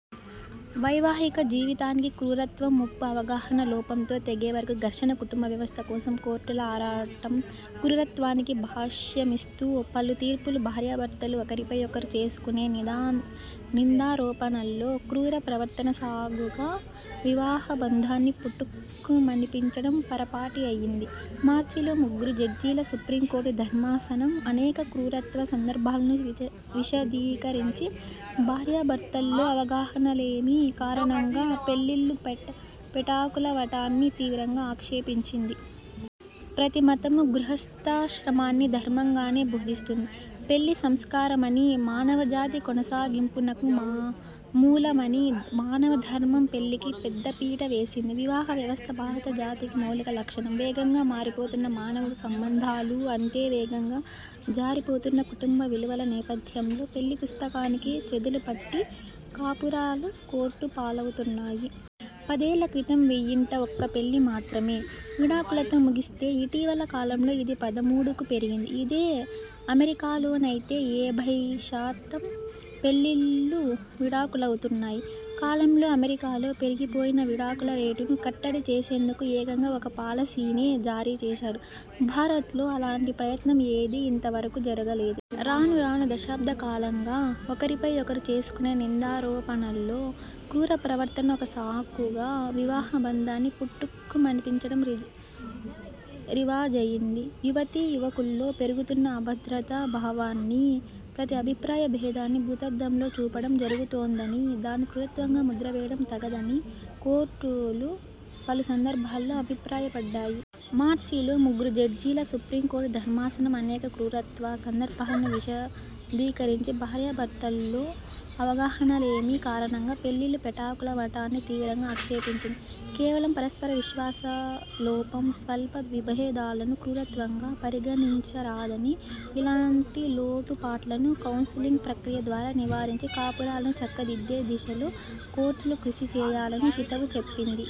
వైవాహిక జీవితానికి 'క్రూరత్వం' ముప్పు అవగాహన లోపంతో తెగేవరకు ఘర్షణ కుటుంబ వ్యవస్థ కోసం కోర్టుల ఆరాటం క్రూరత్వానికి భాష్యమిస్తూ పలు తీర్పులు భార్యాభర్తలు ఒకరిపై ఒకరు చేసుకునే నిదా నిందారోపణల్లో 'క్రూర ప్రవర్తన' సాగుగా వివాహబంధాన్ని పుటుక్కుమనిపించడం పరిపాటి అయ్యింది. మార్చిలో ముగ్గురు జడ్జీల సుప్రీంకోర్టు ధర్మాసనం అనేక 'క్రూరత్వ' సందర్భాలను విదే విశదీకరించి, భార్యాభర్తల్లో అవగాహనాలేమి కారణంగా పెళ్లిళ్లు పె పెటాకులవటాన్ని తీవ్రంగా ఆక్షేపించింది. ప్రతి మతమూ గృహస్థాశ్రమాన్ని ధర్మంగానే బోధిస్తుంది. పెళ్లి సంస్కారమనీ, మానవజాతి కొనసాగింపునకు మా మూలమనీ మానవధర్మం పెళ్లికి పెద్దపీట వేసింది. వివాహ వ్యవస్థ భారత జాతికి మౌలిక లక్షణం. వేగంగా మారిపోతున్న మానవ సంబంధాలూ, అంతే వేగంగా జారిపోతున్న కుటుంబ విలువల నేపథ్యంలో పెళ్లి పుస్తకానికి చెదలుపట్టి కాపురాలు కోర్టు పాలవుతున్నాయి. పదేళ్ల క్రితం వెయ్యింట ఒక్క పెళ్లి మాత్రమే విడాకులతో ముగిస్తే, ఇటీవల కాలంలో ఇది పదమూడుకు పెరిగింది. ఇదే అమెరికాలోనైతే ఏభై శాతం పెళ్లిళ్లు విడాకులవుతున్నాయి. కాలంలో అమెరికాలో పెరిగిపోయిన విడాకుల రేటును కట్టడి చేసేందుకు ఏకంగా ఒక పాలసీనే జారీచేశారు. భారత్లో అలాంటి ప్రయత్నం ఏదీ ఇంతవరకు జరుగలేదు. రాను రాను దశాబ్ద కాలంగా ఒకరిపై ఒకరు చేసుకునే నిందారోపణల్లో 'క్రూర ప్రవర్తన' ఒక సాకుగా వివాహబంధాన్ని పుటుక్కుమనిపించడం రి రివాజయ్యింది. యువతీ యువకుల్లో పెరుగుతున్న అభద్రతా భావాన్నీ, ప్రతి అభిప్రాయ భేదాన్నీ భూతద్దంలో చూపడం జరుగుతోందనీ, దాని క్రూరత్వంగా ముద్రవేయడం తగదనీ కోర్టులు పలు సందర్భాల్లో అభిప్రాయపడ్డాయి. మార్చిలో ముగ్గురు జడ్జీల సుప్రీంకోర్టు ధర్మాసనం అనేక 'క్రూరత్వ' సందర్భాలను విశదీకరించి, భార్యాభర్తల్లో అవగాహనాలేమి కారణంగా పెళ్లిళ్లు పెటాకులవటాన్ని తీవ్రంగా ఆక్షేపించింది. కేవలం పరస్పర విశ్వాస లోపం, స్వల్ప విభేదాలను 'క్రూరత్వం'గా పరిగణించరాదనీ ఇలాంటి లోటుపాట్లను కౌన్సెలింగ్ ప్రక్రియ ద్వారా నివారించి కాపురాలు చక్కదిద్దే దిశలో కోర్టులు కృషి చేయాలనీ హితవు చెప్పింది.